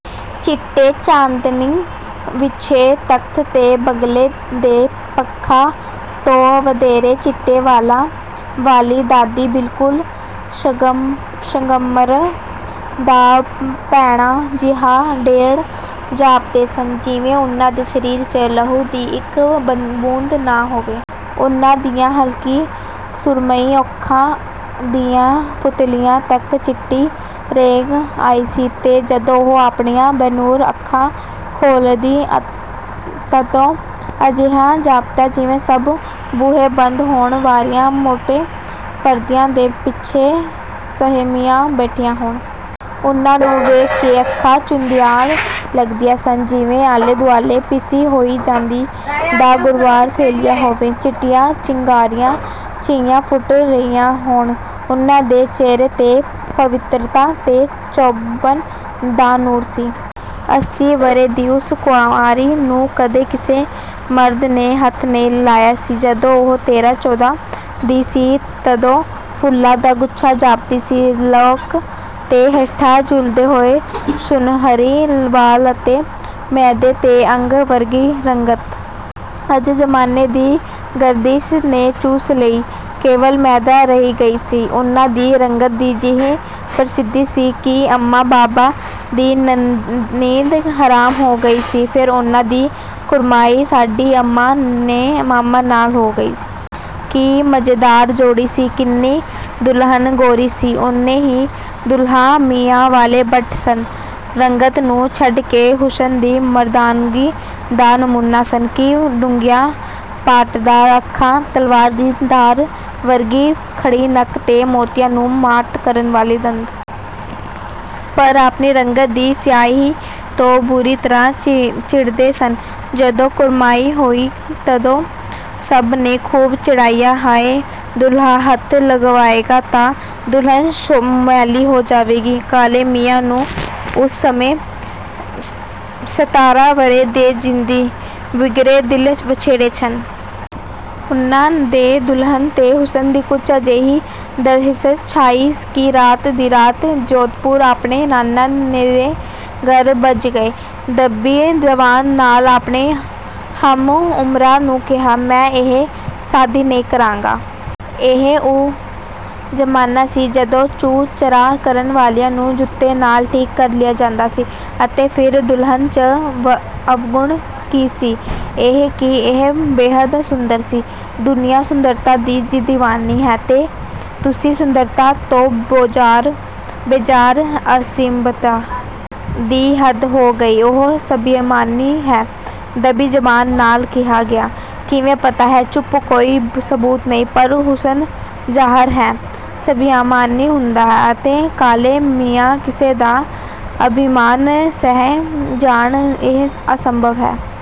ਚਿੱਟੇ ਚਾਂਦਨੀ ਵਿਛੇ ਤਖ਼ਤ 'ਤੇ ਬਗਲੇ ਦੇ ਪੰਖਾਂ ਤੋਂ ਵਧੇਰੇ ਚਿੱਟੇ ਵਾਲਾਂ ਵਾਲੀ ਦਾਦੀ ਬਿਲਕੁਲ ਸੰਗਮਰਮਰ ਦਾ ਭੈੜਾ ਜਿਹਾ ਢੇਰ ਜਾਪਦੇ ਸਨ, ਜਿਵੇਂ ਉਨ੍ਹਾਂ ਦੇ ਸਰੀਰ 'ਚ ਲਹੂ ਦੀ ਇੱਕ ਬੂੰਦ ਨਾ ਹੋਵੇ। ਉਨ੍ਹਾਂ ਦੀਆਂ ਹਲਕੀ ਸੁਰਮਈ ਅੱਖਾਂ ਦੀਆਂ ਪੁਤਲੀਆਂ ਤੱਕ ਚਿੱਟੀ ਰੇਂਘ ਆਈ ਸੀ ਤੇ ਜਦੋਂ ਉਹ ਆਪਣੀਆਂ ਬੇਨੂਰ ਅੱਖਾਂ ਖੋਲ੍ਹਦੀ, ਤਦੋਂ ਅਜਿਹਾ ਜਾਪਦਾ, ਜਿਵੇਂ ਸਭ ਬੂਹੇ ਬੰਦ ਹੋਣ। ਬਾਰੀਆਂ ਮੋਟੇ ਪਰਦਿਆਂ ਦੇ ਪਿੱਛੇ ਸਹਿਮੀਆਂ ਬੈਠੀਆਂ ਹੋਣ। ਉਨ੍ਹਾਂ ਨੂੰ ਵੇਖ ਕੇ ਅੱਖਾਂ ਚੁੰਧਿਆਣ ਲੱਗਦੀਆਂ ਸਨ, ਜਿਵੇਂ ਆਲੇ-ਦੁਆਲੇ ਪਿਸੀ ਹੋਈ ਚਾਂਦੀ ਦਾ ਗੁਬਾਰ ਫੈਲਿਆ ਹੋਵੇ। ਚਿੱਟੀਆਂ ਚਿੰਗਾਰੀਆਂ ਜਿਹੀਆਂ ਫੁੱਟ ਰਹੀਆਂ ਹੋਣ। ਉਨ੍ਹਾਂ ਦੇ ਚਿਹਰੇ 'ਤੇ ਪਵਿੱਤਰਤਾ ਤੇ ਜੋਬਨ ਦਾ ਨੂਰ ਸੀ। ਅੱਸੀ ਵਰ੍ਹੇ ਦੀ ਉਸ ਕੁਆਰੀ ਨੂੰ ਕਦੇ ਕਿਸੇ ਮਰਦ ਨੇ ਹੱਥ ਨਹੀਂ ਲਾਇਆ ਸੀ। ਜਦੋਂ ਉਹ ਤੇਰਾ-ਚੋਦ੍ਹਾ ਦੀ ਸੀ, ਤਦੋਂ ਫੁੱਲਾਂ ਦਾ ਗੁੱਛਾ ਜਾਪਦੀ ਸੀ। ਲੱਕ ਤੋਂ ਹੇਠਾਂ ਝੂਲਦੇ ਹੋਏ ਸੁਨਹਿਰੀ ਵਾਲ ਅਤੇ ਮੈਦੇ 'ਤੇ ਅੱਗ ਵਰਗੀ ਰੰਗਤ। ਅੱਜ ਜ਼ਮਾਨੇ ਦੀ ਗਰਦਿਸ਼ ਨੇ ਚੂਸ ਲਈ। ਕੇਵਲ ਮੈਦਾ ਰਹਿ ਗਈ ਸੀ। ਉਨ੍ਹਾਂ ਦੀ ਰੰਗਤ ਦੀ ਜਿਹੀ ਪ੍ਰਸਿੱਧੀ ਸੀ ਕਿ ਅੰਮਾ ਬਾਬਾ ਦੀ ਨੀਂਦ ਹਰਾਮ ਹੋ ਗਈ ਸੀ। ਫਿਰ ਉਨ੍ਹਾਂ ਦੀ ਕੁੜਮਾਈ ਸਾਡੀ ਅੰਮਾ ਦੇ ਮਾਮਾ ਨਾਲ ਹੋ ਗਈ। ਕੀ ਮਜ਼ੇਦਾਰ ਜੋੜੀ ਸੀ। ਕਿੰਨੀ ਦੁਲਹਨ ਗੋਰੀ ਸੀ, ਉਨੇ ਹੀ ਦੁਲਹਾ ਮੀਆਂ ਕਾਲੇ ਭੱਟ ਸਨ। ਰੰਗਤ ਨੂੰ ਛੱਡ ਕੇ ਹੁਸਨ ਤੇ ਮਰਦਾਨਗੀ ਦਾ ਨਮੂਨਾ ਸਨ। ਕੀ ਡੂੰਘੀਆਂ ਪਾਟਦਾਰ ਅੱਖਾਂ। ਤਲਵਾਰ ਦੀ ਧਾਰ ਵਰਗੀ ਖੜ੍ਹੀ ਨੱਕ ਤੇ ਮੋਤੀਆਂ ਨੂੰ ਮਾਤ ਕਰਨ ਵਾਲੇ ਦੰਦ। ਪਰ ਆਪਣੀ ਰੰਗਤ ਦੀ ਸਿਆਹੀ ਤੋਂ ਬੁਰੀ ਤਰ੍ਹਾਂ ਚਿੜ੍ਹਦੇ ਸਨ। ਜਦੋਂ ਕੁੜਮਾਈ ਹੋਈ, ਤਦੋਂ ਸਭ ਨੇ ਖੂਬ ਚਿੜ੍ਹਾਇਆ 'ਹਾਏ! ਦੂਲਹਾ ਹੱਥ ਲਗਾਏਗਾ ਤਾਂ ਦੁਲਹਨ ਮੈਲੀ ਹੋ ਜਾਵੇਗੀ।' ਕਾਲੇ ਮੀਆਂ ਉਸ ਸਮੇਂ ਸਤਾਰ੍ਹਾਂ ਵਰ੍ਹੇ ਦੇ ਜ਼ਿੱਦੀ, ਬਿਗੜੇ ਦਿਲ ਵਛੇੜੇ ਸਨ। ਉਨ੍ਹਾਂ 'ਤੇ ਦੁਲਹਨ ਦੇ ਹੁਸਨ ਦੀ ਕੁਝ ਅਜਿਹੀ ਦਹਿਸ਼ਤ ਛਾਈ ਕਿ ਰਾਤ ਦੀ ਰਾਤ ਜੋਧਪੁਰ ਆਪਣੇ ਨਾਨਾ ਦੇ ਘਰ ਭੱਜ ਗਏ। ਦੱਬੀ ਜ਼ਬਾਨ ਨਾਲ ਆਪਣੇ ਹਮ-ਉਮਰਾਂ ਨੂੰ ਕਿਹਾ, 'ਮੈਂ ਇਹ ਸ਼ਾਦੀ ਨਹੀਂ ਕਰਾਂਗਾ।' ਇਹ ਉਹ ਜ਼ਮਾਨਾ ਸੀ, ਜਦੋਂ ਚੂੰ-ਚਰਾਂ ਕਰਨ ਵਾਲਿਆਂ ਨੂੰ ਜੁੱਤੇ ਨਾਲ ਠੀਕ ਕਰ ਲਿਆ ਜਾਂਦਾ ਸੀ। ਅਤੇ ਫਿਰ ਦੁਲਹਨ 'ਚ ਅਵਗੁਣ ਕੀ ਸੀ? ਇਹੀ ਕਿ ਉਹ ਬੇਹੱਦ ਸੁੰਦਰ ਸੀ। ਦੁਨੀਆ ਸੁੰਦਰਤਾ ਦੀ ਦੀਵਾਨੀ ਹੈ ਤੇ ਤੁਸੀਂ ਸੁੰਦਰਤਾ ਤੋਂ ਬੇਜ਼ਾਰ। ਅਸੱਭਿਅਤਾ ਦੀ ਹੱਦ ਹੋ ਗਈ। 'ਉਹ ਅਭਿਮਾਨੀ ਹੈ।' ਦੱਬੀ ਜ਼ਬਾਨ ਨਾਲ ਕਿਹਾ ਗਿਆ। 'ਕਿਵੇਂ ਪਤਾ ਹੈ?' ਚੁੱਪ! ਕੋਈ ਸਬੂਤ ਨਹੀਂ, ਪਰ ਹੁਸਨ, ਜ਼ਾਹਰ ਹੈ, ਅਭਿਮਾਨੀ ਹੁੰਦਾ ਹੈ। ਅਤੇ ਕਾਲੇ ਮੀਆਂ ਕਿਸੇ ਦਾ ਅਭਿਮਾਨ ਸਹਿ ਜਾਣ ਇਹ ਅਸੰਭਵ ਹੈ।